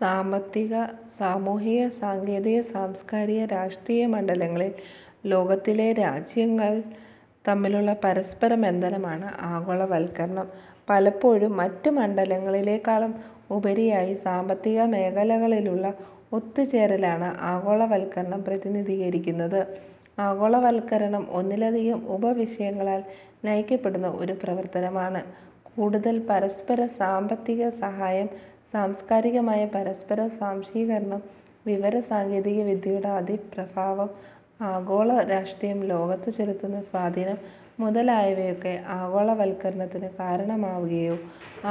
സാമ്പത്തിക, സാമൂഹിക, സാങ്കേതിക, സാംസ്കാരിക, രാഷ്ട്രീയ മണ്ഡലങ്ങളിൽ ലോകത്തിലെ രാജ്യങ്ങൾ തമ്മിലുള്ള പരസ്പര ബന്ധനമാണ് ആഗോളവത്കരണം. പലപ്പോഴും മറ്റുമണ്ഡലങ്ങളിലേക്കാളും ഉപരിയായി സാമ്പത്തിക മേഖലകളിലുള്ള ഒത്തുചേരലാണ് ആഗോളവത്കരണം പ്രതിനിധീകരിക്കുന്നത്. ആഗോളവത്കരണം ഒന്നിലധികം ഉപവിഷയങ്ങളാൽ നയിക്കപ്പെടുന്ന ഒരു പ്രവർത്തനമാണ്. കൂടുതൽ പരസ്പര സാമ്പത്തിക സഹായം, സാംസ്കാരികമായ പരസ്പര സ്വാംശീകരണം, വിവര സാങ്കേതിക വിദ്യയുടെ അതിപ്രഭാവം, ആഗോള രാഷ്ട്രീയം ലോകത്ത് ചെലുത്തുന്ന സ്വാധീനം മുതലായവയൊക്കെ ആഗോളവത്കരണത്തിനു കാരണമാവുകയോ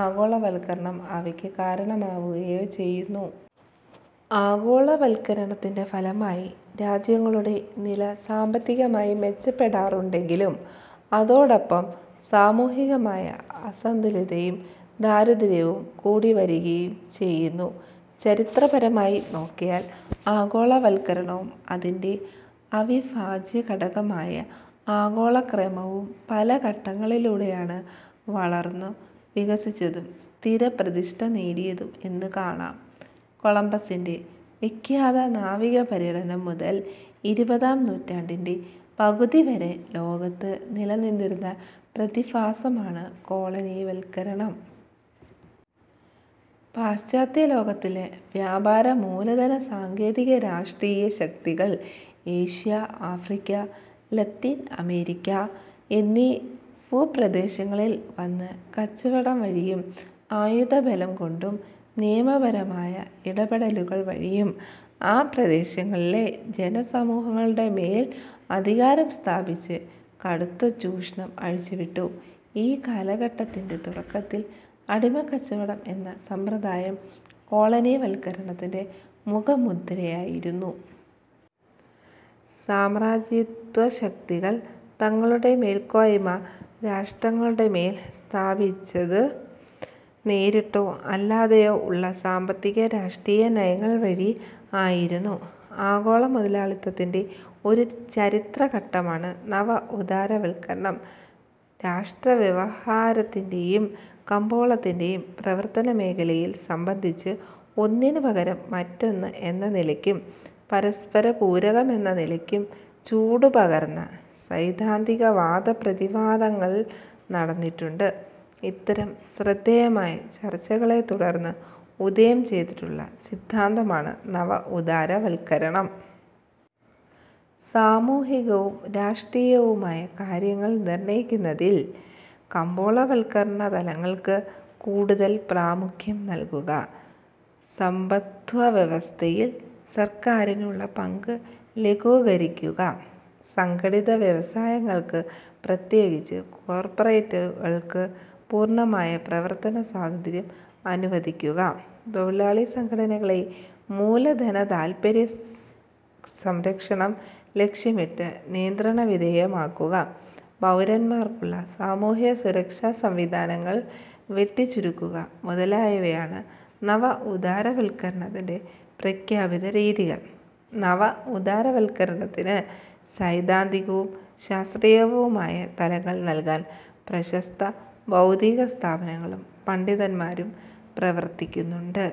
ആഗോളവത്കരണം അവയ്ക്ക് കാരണമാവുകയോ ചെയ്യുന്നു. ആഗോളവത്കരണത്തിന്റെ ഫലമായി രാജ്യങ്ങളുടെ നില സാമ്പത്തികമായി മെച്ചപ്പെടാറുണ്ടെങ്കിലും, അതോടൊപ്പം സാമൂഹികമായ അസന്തുലിതയും, ദാരിദ്ര്യവും കൂടിവരികയും ചെയ്യുന്നു. ചരിത്രപരമായി നോക്കിയാൽ ആഗോളവത്കരണവും അതിന്റെ അവിഭാജ്യഘടകമായ ആഗോളക്രമവും പല ഘട്ടങ്ങളിലൂടെയാണ് വളർന്നു വികസിച്ചതും സ്ഥിരപ്രതിഷ്ടനേടിയതും എന്ന് കാണാം. കൊളംബസ്സിന്റെ വിഖ്യാത നാവികപര്യടനം മുതൽ ഇരുപതാം നൂറ്റാണ്ടിന്റെ പകുതിവരെ ലോകത്തു നിലനിന്നിരുന്ന പ്രതിഭാസമാണ് കോളനിവത്കരണം. പാശ്ചാത്യലോകത്തിലെ വ്യാപാര, മൂലധന, സാങ്കേതിക, രാഷ്ട്രീയ ശക്തികൾ ഏഷ്യ, ആഫ്രിക്ക, ലത്തീൻ അമേരിക്ക എന്നീ ഭൂപ്രദേശങ്ങളിൽ വന്ന് കച്ചവടം വഴിയും ആയുധബലം കൊണ്ടും നയപരമായ ഇടപെടലുകൾ വഴിയും ആ പ്രദേശങ്ങളിലെ ജനസമൂഹങ്ങളുടെമേൽ അധികാരം സ്ഥാപിച്ച് കടുത്ത ചൂഷണം അഴിച്ചുവിട്ടു. ഈ കാലഘട്ടത്തിന്റെ തുടക്കത്തിൽ അടിമക്കച്ചവടം എന്ന സമ്പ്രദായം കോളനിവത്കരണത്തിന്റെ മുഖമുദ്രയായിരുന്നു. സാമ്രാജ്യത്വശക്തികൾ തങ്ങളുടെ മേൽക്കോയ്മ രാഷ്ട്രങ്ങളുടെമേൽ സ്ഥാപിച്ചത്, നേരിട്ടോ അല്ലാതയോ ഉള്ള സാമ്പത്തിക, രാഷ്ട്രീയ നയങ്ങൾവഴി ആയിരുന്നു. ആഗോളമുതലാളിത്തത്തിന്റെ ഒരു ചരിത്രഘട്ടമാണ് നവഉദാരവത്കരണം. രാഷ്ട്രവ്യവഹാരത്തിന്റെയും കമ്പോളത്തിന്റെയും പ്രവർത്തനമേഖലയെ സംബന്ധിച്ച് ഒന്നിനുപകരം മറ്റൊന്ന് എന്ന നിലയ്ക്കും, പരസ്പരപൂരകമെന്നനിലയ്ക്കും ചൂടു പകർന്ന സൈദ്ധാന്തികവാദപ്രതിവാദങ്ങൾ നടന്നിട്ടുണ്ട്. ഇത്തരം ശ്രദ്ധേയമായ ചർച്ചകളെത്തുടർന്ന് ഉദയം ചെയ്തിട്ടുള്ള സിദ്ധാന്തമാണ് നവ ഉദാരവത്കരണം. സാമൂഹികവും രാഷ്ട്രീയവുമായ കാര്യങ്ങൾ നിർണയിക്കുന്നതിൽ കമ്പോളവത്കരണതലങ്ങൾക്ക് കൂടുതൽ പ്രാമുഖ്യം നൽകുക, സമ്പദ്വ്യവസ്ഥയിൽ സർക്കാരിന് ഉള്ള പങ്കു ലഘൂകരിക്കുക, സംഘടിത വ്യവസായങ്ങൾക്ക്, പ്രത്യേകിച്ച് കോർപ്പറേറ്റുകൾക്ക്, പൂർണമായ പ്രവർത്തനസ്വാതന്ത്യ്രം അനുവദിക്കുക, തൊഴിലാളിസംഘടനകളെ മൂലധനതാത്പര്യസംരക്ഷണം ലക്ഷ്യമിട്ട് നിയന്ത്രണവിധേയമാക്കുക, പൗരന്മാർക്കുള്ള സാമൂഹികസുരക്ഷാസംവിധാനങ്ങൾ വെട്ടിച്ചുരുക്കുക മുതലായവയാണ് നവ ഉദാരവത്കരണത്തിന്റെ പ്രഖ്യാപിത രീതികൾ. നവ ഉദാരവത്കരണത്തിനു സൈദ്ധാന്തികവും ശാസ്ത്രീയവുമായ തലങ്ങൾ നൽകാൻ പ്രശസ്ത ബൗദ്ധികസ്ഥാപനങ്ങളും പണ്ഡിതന്മാരും പ്രവർത്തിക്കുന്നുണ്ട്.